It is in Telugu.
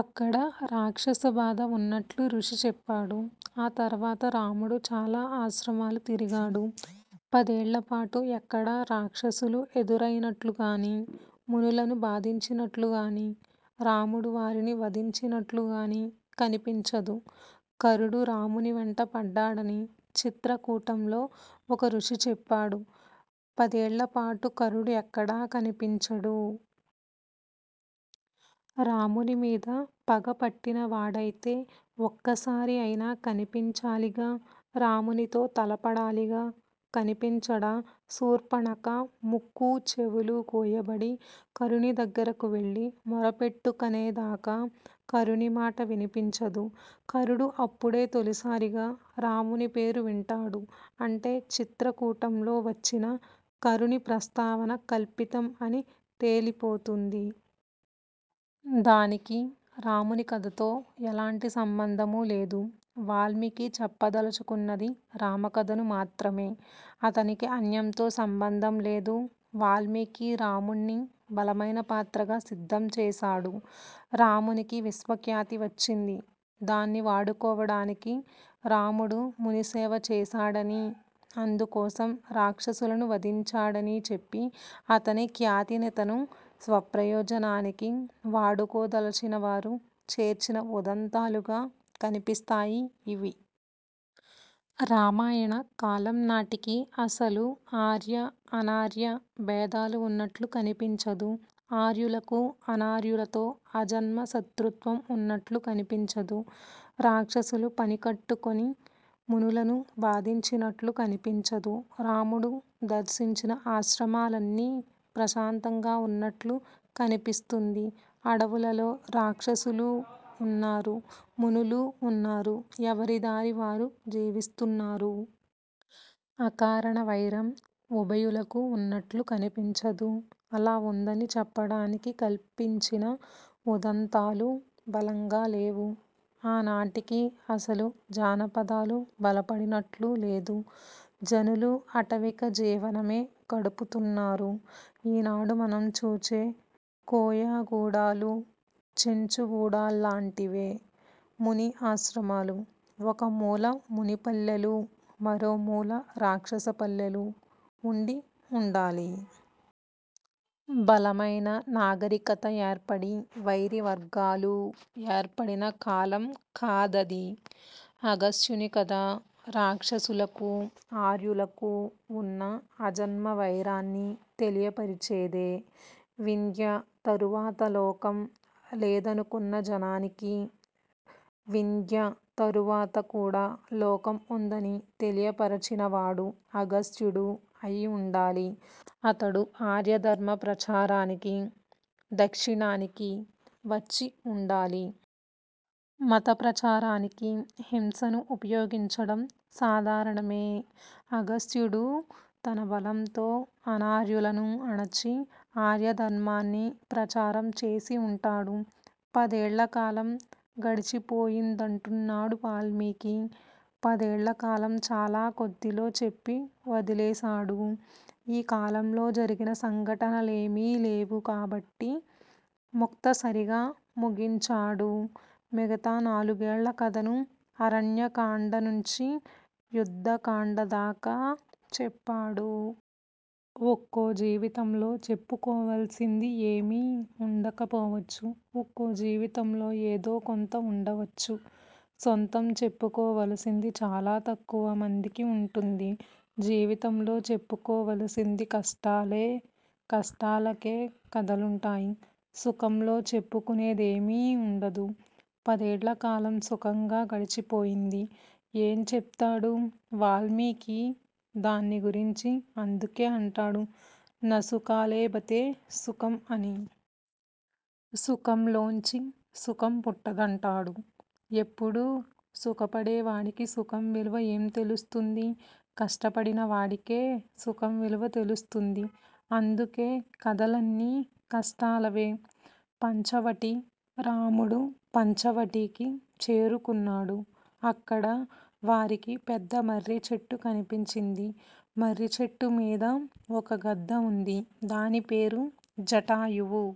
అక్కడ రాక్షస బాధ ఉన్నట్లు ఋషి చెప్పాడు. ఆ తరవాత రాముడు చాల ఆశ్రమాలు తిరిగాడు పదేళ్లపాటు. ఎక్కడా రాక్షసులు ఎదురయినట్లుగాని, మునులను బాధించినట్లుగాని, రాముడు వారిని వధించినట్లుగాని కనిపించదు. ఖరుడు రామునివెంట పడ్డాడని చిత్రకూటంలో ఒక ఋషి చెప్పాడు. పదేళ్లపాటు ఖరుడు ఎక్కడా కనిపించడు. రామునిమీద పగ పట్టినవాడయితే ఒక్కసారి అయినా కనిపించాలిగా. రామునితో తలపడాలిగా. కనిపించడా! శూర్ఫణఖ ముక్కూ, చెవులూ కోయబడి ఖరుని దగ్గరకు వెళ్లి మొరపెట్టుకనేదాకా ఖరునిమాట వినిపించదు. ఖరుడు అప్పుడే తొలిసారిగా రాముని పేరు వింటాడు. అంటే చిత్రకూటంలో వచ్చిన ఖరుని ప్రస్తావన కల్పితం అని తేలిపోతుంది. దానికి రాముని కథతో ఎలాంటి సంబంధమూలేదు. వాల్మీకి చెప్పదలచుకున్నది రామకథను మాత్రమే. అతనికి అన్యంతో సంబంధంలేదు. వాల్మీకి రాముణ్ని బలమైన పాత్రగా సిద్ధం చేసాడు. రామునికి విశ్వఖ్యాతి వచ్చింది. దాన్ని వాడుకోవడానికి రాముడు మునిసేవ చేశాడనీ, అందుకోసం రాక్షసులను వధించాడనీ చెప్పి, అతని ఖ్యాతినితను స్వప్రయోజనానికి వాడుకోదలచినవారు చేర్చిన ఉదంతాలుగా కనిపిస్తాయి ఇవి. రామాయణ కాలం నాటికి అసలు ఆర్య, అనార్య భేదాలు ఉన్నట్లు కనిపించదు. ఆర్యులకు అనార్యులతో ఆజన్మ శత్రుత్వం ఉన్నట్లూ కనిపించదు. రాక్షసులు పనికట్టుకొని మునులను బాధించినట్లూ కనిపించదు. రాముడు దర్శించిన ఆశ్రమాలన్నీ ప్రశాంతంగా ఉన్నట్లు కనిపిస్తుంది. అడవులలో రాక్షసులూ ఉన్నారు, మునులు ఉన్నారు. ఎవరిదారి వారు జీవిస్తున్నారు. అకారణ వైరం ఉభయులకు ఉన్నట్లు కనిపించదు. అలా ఉందని చెప్పడానికి కల్పించిన ఉదంతాలూ బలంగాలేవు. ఆ నాటికి అసలు జానపదాలు బలపడినట్లు లేదు. జనులు ఆటవిక జీవనమే గడుపుతున్నారు. ఈనాడు మనం చూచే కోయగూడాలూ, చెంచుగూడాల్లాంటివే ముని ఆశ్రమాలు. ఒక మూల మునిపల్లెలూ, మరో మూల రాక్షస పల్లెలూ ఉండి ఉండాలి. బలమైన నాగరికత ఏర్పడి వైరివర్గాలూ ఏర్పడిన కాలం కాదది. అగస్త్యుని కథా రాక్షసులకూ, ఆర్యులకూ ఉన్న ఆజన్మవైరాన్ని తెలియపరిచేదే. వింధ్య తరువాత లోకం లేదనుకున్న జనానికి వింధ్య తరువాత కూడా లోకం ఉందని తెలియపరచినవాడు అగస్త్యుడు అయిఉండాలి. అతడు ఆర్యధర్మ ప్రచారానికి దక్షిణానికి వచ్చి ఉండాలి. మత ప్రచారానికి హింసను ఉపయోగించడం సాధారణమే. అగస్త్యుడూ తన బలంతో అనార్యులను అణచి ఆర్య ధర్మాన్ని ప్రచారం చేసిఉంటాడు. పదేళ్లకాలం గడిచిపోయిందంటున్నాడు వాల్మీకి. పదేళ్లకాలం చాల కొద్దిలో చెప్పి వదిలేశాడు. ఈ కాలంలో జరిగిన సంఘటనలేమి లేవు. కాబట్టి ముక్తసరిగా ముగించాడు. మిగతా నాలుగేళ్ల కథను అరణ్యకాండనుంచి యుద్ధకాండదాకా చెప్పాడు. ఒక్కోజీవితంలో చెప్పుకోవాల్సింది ఏమీ ఉండకపోవచ్చు. ఒక్కో జీవితంలో ఏదో కొంత ఉండవచ్చు. సాంతం చెప్పుకోవలసింది చాల తక్కువ మందికి ఉంటుంది. జీవితంలో చెప్పుకోవలిసింది కష్టాలే. కష్టాలకే కథలుంటాయి. సుఖంలో చెప్పుకునేదేమీ ఉండదు. పదేళ్లకాలం సుఖంగా గడిచిపోయింది. ఏం చెప్తాడు వాల్మీకి దాన్ని గురించి? అందుకే అంటాడు నసుఖాలభతే సుఖం అని. సుఖంలోంచి సుఖం పుట్టదంటాడు. ఎప్పుడూ సుఖపడే వాడికి సుఖం విలువ ఏం తెలుస్తుంది? కష్టపడిన వాడికే సుఖం విలువ తెలుస్తుంది. అందుకే కథలన్నీ కష్టాలవే! పంచవటి: రాముడు పంచవటికి చేరుకున్నాడు. అక్కడ వారికి పెద్దమర్రి చెట్టు కనిపించింది. మర్రిచెట్టుమీద ఒక గద్ద ఉంది. దానిపేరు జటాయువు.